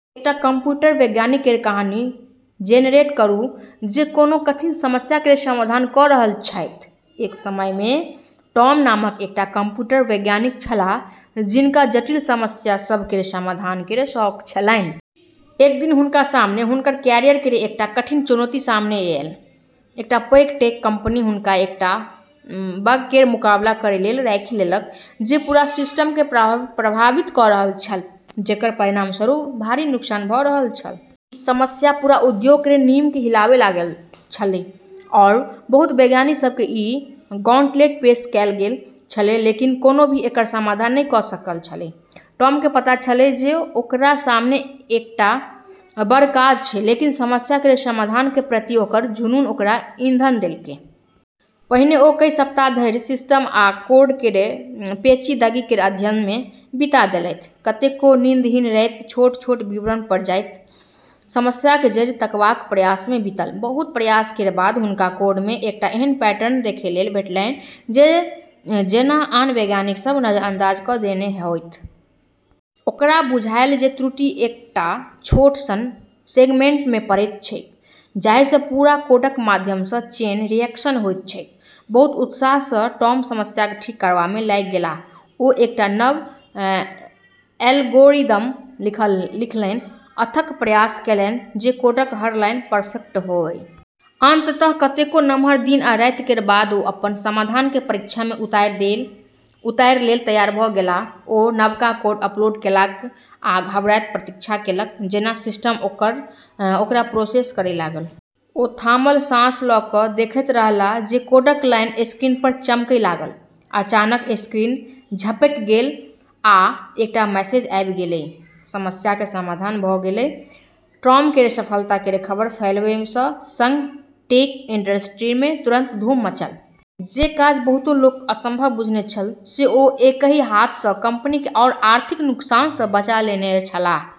एकटा कंप्यूटर वैज्ञानिक केर कहानी जेनरेट करू जे कोनो कठिन समस्या केर समाधान कऽ रहल छैथ। एक समय मे टॉम नामक एकटा कंप्यूटर वैज्ञानिक छलाह, जिनका जटिल समस्या सभ केर समाधान केर शौक छलन्हि। एक दिन हुनका सामने हुनकर कैरियर केर एकटा कठिन चुनौती सामने एलै। एकटा पैघ टेक कंपनी हुनका एकटा बग केर मुकाबला करै लेल राखि लेलक जे पूरा सिस्टम केँ प्रभावित कऽ रहल छल, जेकर परिणामस्वरूप भारी नुकसान भऽ रहल छल। ई समस्या पूरा उद्योग केर नींव केँ हिलाबै लागल छलै, आरू बहुत वैज्ञानिक सभ केँ ई गॉन्टलेट पेश कएल गेल छलै लेकिन कोनो भी एकर समाधान नहि कऽ सकल छलै। टॉम केँ पता छलै जे ओकरा सामने एकटा बड़ काज छै, लेकिन समस्या केर समाधान केर प्रति ओकर जुनून ओकरा ईंधन देलकै। पहिने ओ कई सप्ताह धरि सिस्टम आ कोड केर पेचीदगी केर अध्ययन मे बिता देलथि। कतेको नींदहीन राति छोट-छोट विवरण पर जाइत, समस्याक जड़ि तकबाक प्रयास मे बीतल। बहुत प्रयास केर बाद हुनका कोड मे एकटा एहन पैटर्न देखै लेल भेटलन्हि जे जेना आन वैज्ञानिक सभ नजरअंदाज कऽ देने होथि। ओकरा बुझायल जे त्रुटि एकटा छोट सन सेगमेंट मे पड़ैत छैक, जाहि सँ पूरा कोडक माध्यम सँ चेन रिएक्शन होइत छैक। बहुत उत्साह सँ टॉम समस्या ठीक करबा मे लागि गेलाह। ओ एकटा नव एल्गोरिदम लिखलन्हि, अथक प्रयास केलन्हि जे कोडक हर लाइन परफेक्ट होअए। अंततः कतेको नमहर दिन आ राति केर बाद ओ अपन समाधान केँ परीक्षा मे उतारै लेल तैयार भऽ गेलाह। ओ नवका कोड अपलोड केलक आ घबराइत प्रतीक्षा केलक जेना सिस्टम ओकरा प्रोसेस करै लागल। ओ थामल साँस लऽ कऽ देखैत रहलाह जे कोडक लाइन स्क्रीन पर चमकै लागल। अचानक स्क्रीन झपकि गेलै आ एकटा मैसेज आबि गेलै समस्याक समाधान भऽ गेलै! टॉम केर सफलता केर खबर फैलबै सँ संग टेक इंडस्ट्री मे तुरंत धूम मचल। जे काज बहुतो लोक असंभव बुझने छल से ओ एकहि हाथ सँ कंपनी केँ आओर आर्थिक नुकसान सँ बचा लेने छलाह।